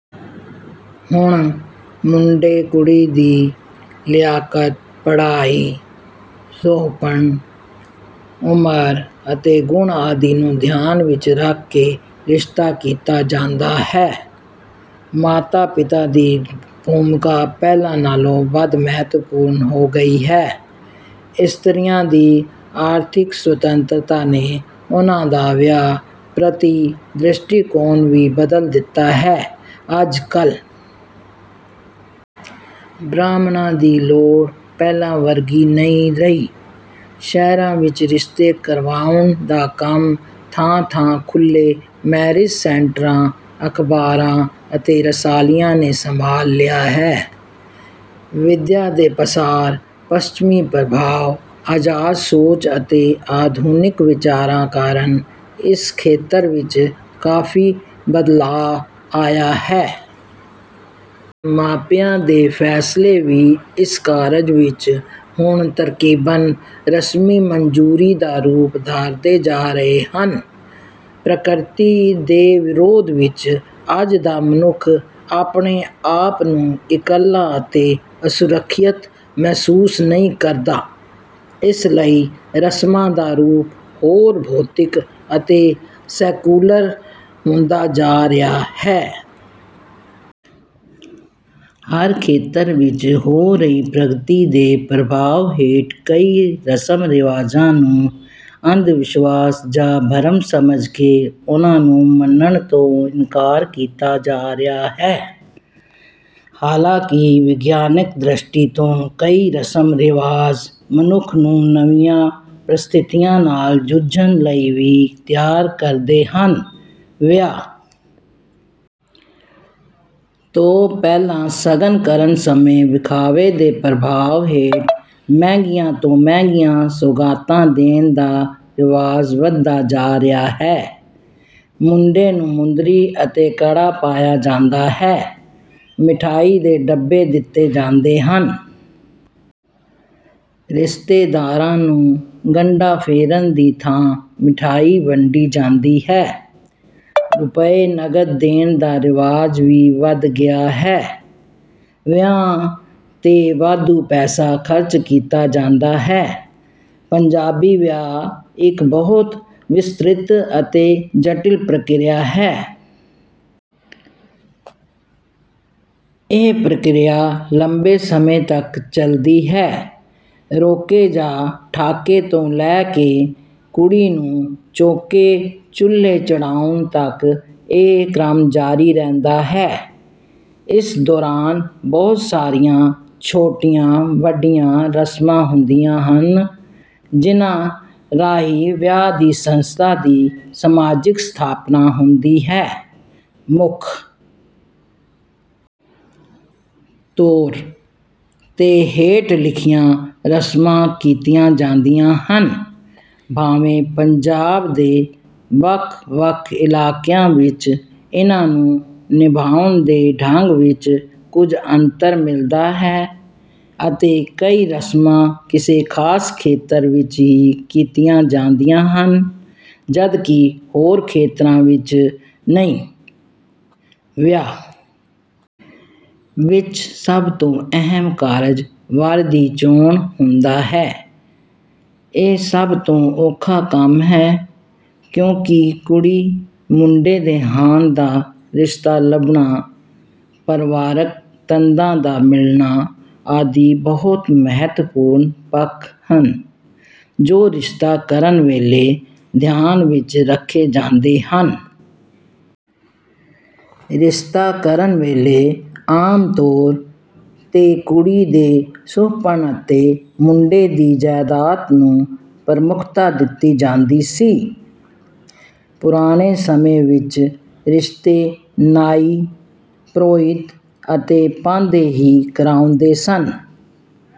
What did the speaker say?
ਹੁਣ ਮੁੰਡੇ-ਕੁੜੀ ਦੀ ਲਿਆਕਤ, ਪੜ੍ਹਾਈ, ਸੁਹੱਪਣ, ਉਮਰ ਅਤੇ ਗੁਣ ਆਦਿ ਨੂੰ ਧਿਆਨ ਵਿੱਚ ਰੱਖ ਕੇ ਰਿਸ਼ਤਾ ਕੀਤਾ ਜਾਂਦਾ ਹੈ। ਮਾਤਾ-ਪਿਤਾ ਦੀ ਭੂਮਿਕਾ ਪਹਿਲਾਂ ਨਾਲੋਂ ਵੱਧ ਮਹੱਤਵਪੂਰਨ ਹੋ ਗਈ ਹੈ। ਇਸਤਰੀਆਂ ਦੀ ਆਰਥਿਕ ਸੁਤੰਤਰਤਾ ਨੇ ਉਹਨਾਂ ਦਾ ਵਿਆਹ ਪ੍ਰਤੀ ਦ੍ਰਿਸ਼ਟੀਕੋਣ ਵੀ ਬਦਲ ਦਿੱਤਾ ਹੈ। ਅੱਜ-ਕੱਲ੍ਹ ਬ੍ਰਾਹਮਣਾਂ ਦੀ ਲੋੜ ਪਹਿਲਾਂ ਵਰਗੀ ਨਹੀਂ ਰਹੀ। ਸ਼ਹਿਰਾਂ ਵਿੱਚ ਰਿਸ਼ਤੇ ਕਰਵਾਉਣ ਦਾ ਕੰਮ ਥਾਂ-ਥਾਂ ਖੁੱਲ੍ਹੇ ਮੈਰਿਜ ਸੈਂਟਰਾਂ, ਅਖ਼ਬਾਰਾਂ ਅਤੇ ਰਸਾਲਿਆਂ ਨੇ ਸੰਭਾਲ ਲਿਆ ਹੈ। ਵਿੱਦਿਆ ਦੇ ਪਸਾਰ, ਪੱਛਮੀ ਪ੍ਰਭਾਵ, ਆਜ਼ਾਦ ਸੋਚ ਅਤੇ ਆਧੁਨਿਕ ਵਿਚਾਰਾਂ ਕਾਰਨ ਇਸ ਖੇਤਰ ਵਿੱਚ ਕਾਫ਼ੀ ਬਦਲਾਅ ਆਇਆ ਹੈ। ਮਾਪਿਆਂ ਦੇ ਫ਼ੈਸਲੇ ਵੀ ਇਸ ਕਾਰਜ ਵਿੱਚ ਹੁਣ ਤਕਰੀਬਨ ਰਸਮੀ ਮਨਜ਼ੂਰੀ ਦਾ ਰੂਪ ਧਾਰਦੇ ਜਾ ਰਹੇ ਹਨ। ਪ੍ਰਕਿਰਤੀ ਦੇ ਵਿਰੋਧ ਵਿੱਚ ਅੱਜ ਦਾ ਮਨੁੱਖ ਆਪਣੇ ਆਪ ਨੂੰ ਇਕੱਲਾ ਅਤੇ ਅਸੁਰੱਖਿਅਤ ਮਹਿਸੂਸ ਨਹੀਂ ਕਰਦਾ। ਇਸ ਲਈ ਰਸਮਾਂ ਦਾ ਰੂਪ ਹੋਰ ਭੌਤਿਕ ਅਤੇ ਸੈਕੂਲਰ ਹੁੰਦਾ ਜਾ ਰਿਹਾ ਹੈ। ਹਰ ਖੇਤਰ ਵਿੱਚ ਹੋ ਰਹੀ ਪ੍ਰਗਤੀ ਦੇ ਪ੍ਰਭਾਵ ਹੇਠ ਕਈ ਰਸਮ-ਰਿਵਾਜ਼ਾਂ ਨੂੰ ਅੰਧਵਿਸ਼ਵਾਸ ਜਾਂ ਭਰਮ ਸਮਝ ਕੇ ਉਹਨਾਂ ਨੂੰ ਮੰਨਣ ਤੋਂ ਇਨਕਾਰ ਕੀਤਾ ਜਾ ਰਿਹਾ ਹੈ। ਹਾਲਾਂਕਿ ਵਿਗਿਆਨਕ ਦ੍ਰਿਸ਼ਟੀ ਤੋਂ ਕਈ ਰਸਮ-ਰਿਵਾਜ਼ ਮਨੁੱਖ ਨੂੰ ਨਵੀਆਂ ਪ੍ਰਸਥਿਤੀਆਂ ਨਾਲ ਜੂਝਣ ਲਈ ਵੀ ਤਿਆਰ ਕਰਦੇ ਹਨ। ਵਿਆਹ ਤੋਂ ਪਹਿਲਾਂ ਸ਼ਗਨ ਕਰਨ ਸਮੇਂ ਵਿਖਾਵੇ ਦੇ ਪ੍ਰਭਾਵ ਹੇਠ ਮਹਿੰਗੀਆਂ ਤੋਂ ਮਹਿੰਗੀਆਂ ਸੌਗਾਤਾਂ ਦੇਣ ਦਾ ਰਿਵਾਜ ਵੱਧਦਾ ਜਾ ਰਿਹਾ ਹੈ। ਮੁੰਡੇ ਨੂੰ ਮੁੰਦਰੀ ਅਤੇ ਕੜਾ ਪਾਇਆ ਜਾਂਦਾ ਹੈ। ਮਿਠਾਈ ਦੇ ਡੱਬੇ ਦਿੱਤੇ ਜਾਂਦੇ ਹਨ। ਰਿਸ਼ਤੇਦਾਰਾਂ ਨੂੰ ਗੰਢਾ ਫੇਰਨ ਦੀ ਥਾਂ ਮਿਠਾਈ ਵੰਡੀ ਜਾਂਦੀ ਹੈ। ਰੁਪਏ ਨਕਦ ਦੇਣ ਦਾ ਰਿਵਾਜ ਵੀ ਵਧ ਗਿਆ ਹੈ। ਵਿਆਹਾਂ ’ਤੇ ਵਾਧੂ ਪੈਸਾ ਖ਼ਰਚ ਕੀਤਾ ਜਾਂਦਾ ਹੈ। ਪੰਜਾਬੀ ਵਿਆਹ ਇੱਕ ਬਹੁਤ ਵਿਸਤ੍ਰਿਤ ਅਤੇ ਜਟਿਲ ਪ੍ਰਕਿਰਿਆ ਹੈ। ਇਹ ਪ੍ਰਕਿਰਿਆ ਲੰਬੇ ਸਮੇਂ ਤੱਕ ਚੱਲਦੀ ਹੈ। ਰੋਕੇ ਜਾਂ ਠਾਕੇ ਤੋਂ ਲੈ ਕੇ ਕੁੜੀ ਨੂੰ ਚੌਂਕੇ-ਚੁੱਲ੍ਹੇ ਚੜ੍ਹਾਉਣ ਤੱਕ ਇਹ ਕ੍ਰਮ ਜਾਰੀ ਰਹਿੰਦਾ ਹੈ। ਇਸ ਦੌਰਾਨ ਬਹੁਤ ਸਾਰੀਆਂ ਛੋਟੀਆਂ-ਵੱਡੀਆਂ ਰਸਮਾਂ ਹੁੰਦੀਆਂ ਹਨ, ਜਿਨ੍ਹਾਂ ਰਾਹੀਂ ਵਿਆਹ ਦੀ ਸੰਸਥਾ ਦੀ ਸਮਾਜਿਕ ਸਥਾਪਨਾ ਹੁੰਦੀ ਹੈ। ਮੁੱਖ ਤੌਰ ’ਤੇ ਹੇਠ ਲਿਖੀਆਂ ਰਸਮਾਂ ਕੀਤੀਆਂ ਜਾਂਦੀਆਂ ਹਨ। ਭਾਵੇਂ ਪੰਜਾਬ ਦੇ ਵੱਖ-ਵੱਖ ਇਲਾਕਿਆਂ ਵਿੱਚ ਇਨ੍ਹਾਂ ਨੂੰ ਨਿਭਾਉਣ ਦੇ ਢੰਗ ਵਿੱਚ ਕੁਝ ਅੰਤਰ ਮਿਲਦਾ ਹੈ ਅਤੇ ਕਈ ਰਸਮਾਂ ਕਿਸੇ ਖ਼ਾਸ ਖੇਤਰ ਵਿੱਚ ਹੀ ਕੀਤੀਆਂ ਜਾਂਦੀਆਂ ਹਨ, ਜਦਕਿ ਹੋਰ ਖੇਤਰਾਂ ਵਿੱਚ ਨਹੀਂ। ਵਿਆਹ ਵਿੱਚ ਸਭ ਤੋਂ ਅਹਿਮ ਕਾਰਜ ਵਰ ਦੀ ਚੋਣ ਹੁੰਦਾ ਹੈ। ਇਹ ਸਭ ਤੋਂ ਔਖਾ ਕੰਮ ਹੈ, ਕਿਉਂਕਿ ਕੁੜੀ-ਮੁੰਡੇ ਦੇ ਹਾਣ ਦਾ ਰਿਸ਼ਤਾ ਲੱਭਣਾ, ਪਰਿਵਾਰਕ ਤੰਦਾਂ ਦਾ ਮਿਲਣਾ ਆਦਿ ਬਹੁਤ ਮਹੱਤਵਪੂਰਨ ਪੱਖ ਹਨ, ਜੋ ਰਿਸ਼ਤਾ ਕਰਨ ਵੇਲੇ ਧਿਆਨ ਵਿੱਚ ਰੱਖੇ ਜਾਂਦੇ ਹਨ। ਰਿਸ਼ਤਾ ਕਰਨ ਵੇਲੇ ਆਮ ਤੌਰ ’ਤੇ ਕੁੜੀ ਦੇ ਸੁਹੱਪਣ ਅਤੇ ਮੁੰਡੇ ਦੀ ਜਾਇਦਾਦ ਨੂੰ ਪ੍ਰਮੁੱਖਤਾ ਦਿੱਤੀ ਜਾਂਦੀ ਸੀ। ਪੁਰਾਣੇ ਸਮੇਂ ਵਿੱਚ ਰਿਸ਼ਤੇ ਨਾਈ, ਪ੍ਰੋਹਿਤ ਅਤੇ ਪਾਂਧੇ ਹੀ ਕਰਵਾਉਂਦੇ ਸਨ।